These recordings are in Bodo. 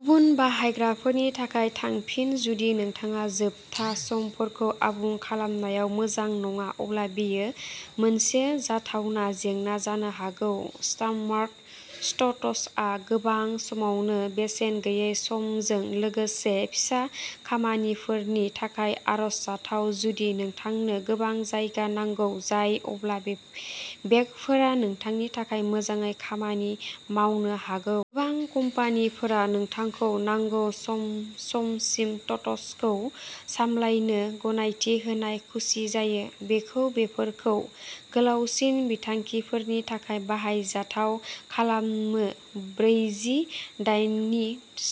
गुबुन बायग्राफोरनि थाखाय थांफिन। जुदि नोंथाङा जोबथा समफोरखौ आबुं खालामनायाव मोजां नङा अब्ला बेयो मोनसे जाथावना जेंना जानो हागौ। डाम्पस्टार टट्सआ गोबां समावनो बेसेन गैयै समजों लोगोसे फिसा खामानिफोरनि थाखाय आरजाथाव। जुदि नोंथांनो गोबां जायगा नांगौ जाया, अब्ला बेगफोरा नोंथांनि थाखाय मोजाङै खामानि मावनो हागौ। गोबां कम्पानिफोरा नोंथांखौ नांगौ समसिम टट्सखौ सामलायनो गनायथि होनायाव खुसि जायो। बेयो बेफोरखौ गोलावसिन बिथांखिफोरनि थाखाय बाहायजाथाव खालामो। ब्रैजि यार्डनि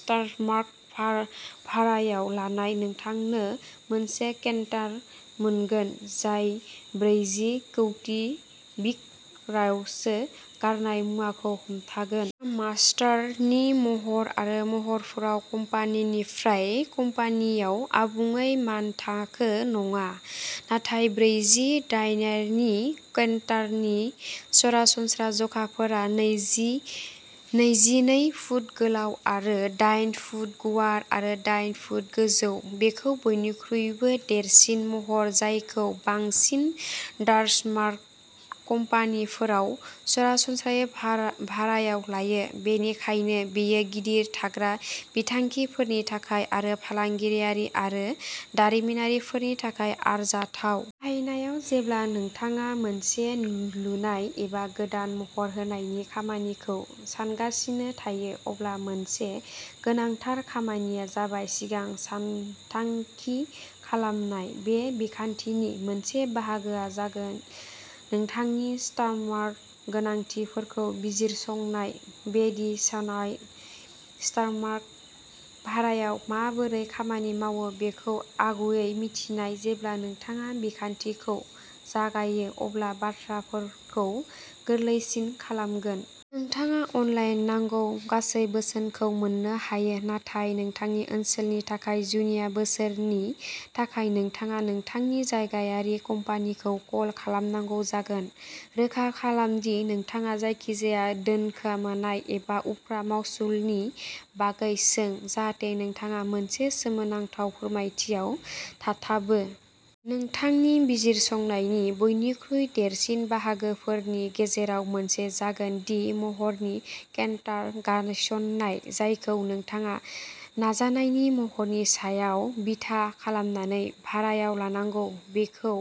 डाम्पस्टार भारायाव लानाया नोंथांनो मोनसे कन्टेनार मोनगोन जाय ब्रैजि किउबिक यार्डसो गारनाय मुवाखौ हमथागोन। डाम्पस्टारनि महर आरो महरफोरा कम्पानिनिफ्राय कम्पानिआव आबुङै मानथाखो नङा, नाथाय ब्रैजि यार्डनि कन्टेनारनि सरासनस्रा जखाफोरा नैजिनै फुट गोलाव आरो दाइन फुट गुवार आरो दाइन फुट गोजौ। बेयो बयनिख्रुइबो देरसिन महर जायखौ बांसिन डाम्पस्टार कम्पानिफोरा सरासनस्रायै भारायाव लायो, बेनिखायनो बेयो गिदिर थाग्रा बिथांखिफोरनि थाखाय आरो फालांगियारि आरो दारिमिनारिफोरनि थाखाय आरजाथाव। बाहायनाय। जेब्ला नोंथाङा मोनसे लुनाय एबा गोदान महर होनायनि खामानिखौ सानगासिनो थायो, अब्ला मोनसे गोनांथार खामानि जाबाय सिगां सानथांखि खालामनाय। बे बिखान्थिनि मोनसे बाहागोआ जागोन नोंथांनि डाम्पस्टार गोनांथिफोरखौ बिजिरसंनाय। बेदियासआव डाम्पस्टार भाराया माबोरै खामानि मावो बेखौ आगुयै मिथिनाया जेब्ला नोंथाङा बिखान्थिखौ जागायो अब्ला बाथ्राफोरखौ गोरलैसिन खालामगोन। नोंथाङा अनलाइन नांगौ गासै बोसोनखौ मोननो हायो, नाथाय नोंथांनि ओनसोलनि थाखाय जुनिया बोसोननि थाखाय, नोंथाङा नोंथांनि जायगायारि कम्पानिखौ कल खालामनांगौ जागोन। रोखा खालाम दि नोंथाङा जायखिजाया दोनखोमानाय एबा उफ्रा मासुलनि बागै सों, जाहाथे नोंथाङा मोनसे सोमोनांथाव फोरमायथियाव थाबथाबो। नोंथांनि बिजिरसंनायनि बयनिख्रुइ देरसिन बाहागोफोरनि गेजेराव मोनसे जागोन थि महरनि कन्टेनार गायसन्नाय, जायखौ नोंथाङा नाजानायनि महरनि सायाव बिथा खालामनानै भारायाव लानांगौ। बेयो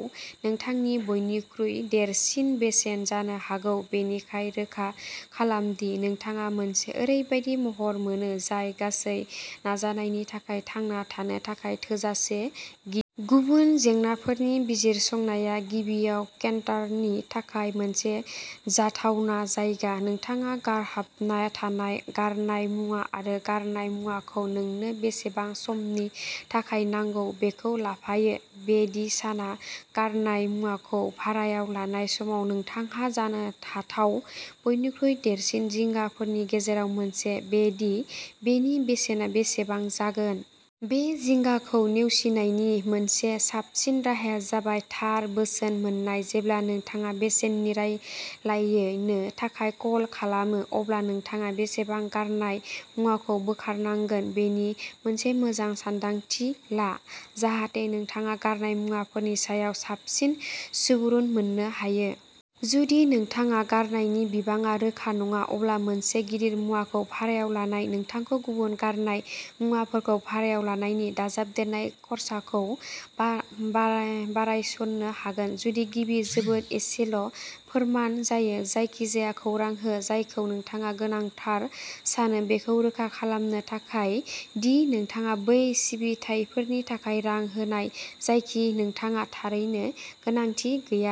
नोंथांनि बयनिख्रुइ देरसिन बेसेन जानो हागौ, बेनिखायनो रोखा खालाम दि नोंथाङा मोनसे ओरैबायदि महर मोनो जाय गासै नाजानायनि थाखाय थांना थानो थाखाय थोजासे गिदिर। गुबुन जेंनाफोर बिजिरसंनाया गिबियाव कन्टेनारनि थाखाय मोनसे जाथावना जायगा, नोंथाङा गारहरबाय थानाय गारनाय मुवा आरो गारनाय मुवाखौ नोंनो बेसेबां समनि थाखाय नांगौ, बेखौ लाफायो। बेदियासआव गारनाय मुवाखौ भारायाव लानाय समाव नोंथांहा जानो हाथाव बयनिख्रुइ देरसिन जिंगाफोरनि गेजेराव मोनसेआ बेनो दि बेनि बेसेना बेसेबां जागोन। बे जिंगाखौ नेवसिनायनि मोनसे साबसिन राहाया जाबाय थार बोसोन मोन्नाय। जेब्ला नोंथाङा बेसेननि रायलायनो थाखाय कल खालामो अब्ला नोंथाङा बेसेबां गारनाय मुवाखौ बोखारनांगोन बेनि मोनसे मोजां सान्दांथि ला जाहाथे नोंथाङा गारनाय मुवाफोरनि सायाव साबसिन सुबुरुन मोननो हायो। जुदि नोंथाङा गारनायनि बिबाङाव रोखा नङा, अब्ला मोनसे गिदिर मुवाखौ भारायाव लानाया नोंथांखौ गुबुन गारनाय मुवाफोरखौ भारायाव लानायनि दाजाबदेरनाय खरसाखौ बासायनो हागोन जुदि गिबिआ जोबोद एसेल' फोरमान जायो। जायखिजाया खौरां हो, जायखौ नोंथाङा गोनांथार सानो, बेखौ रोखा खालामनो थाखाय दि नोंथाङा बै सिबिथाइफोरनि थाखाय रां होनाङा, जायनि नोंथाङा थारैनो गोनांथि गैया।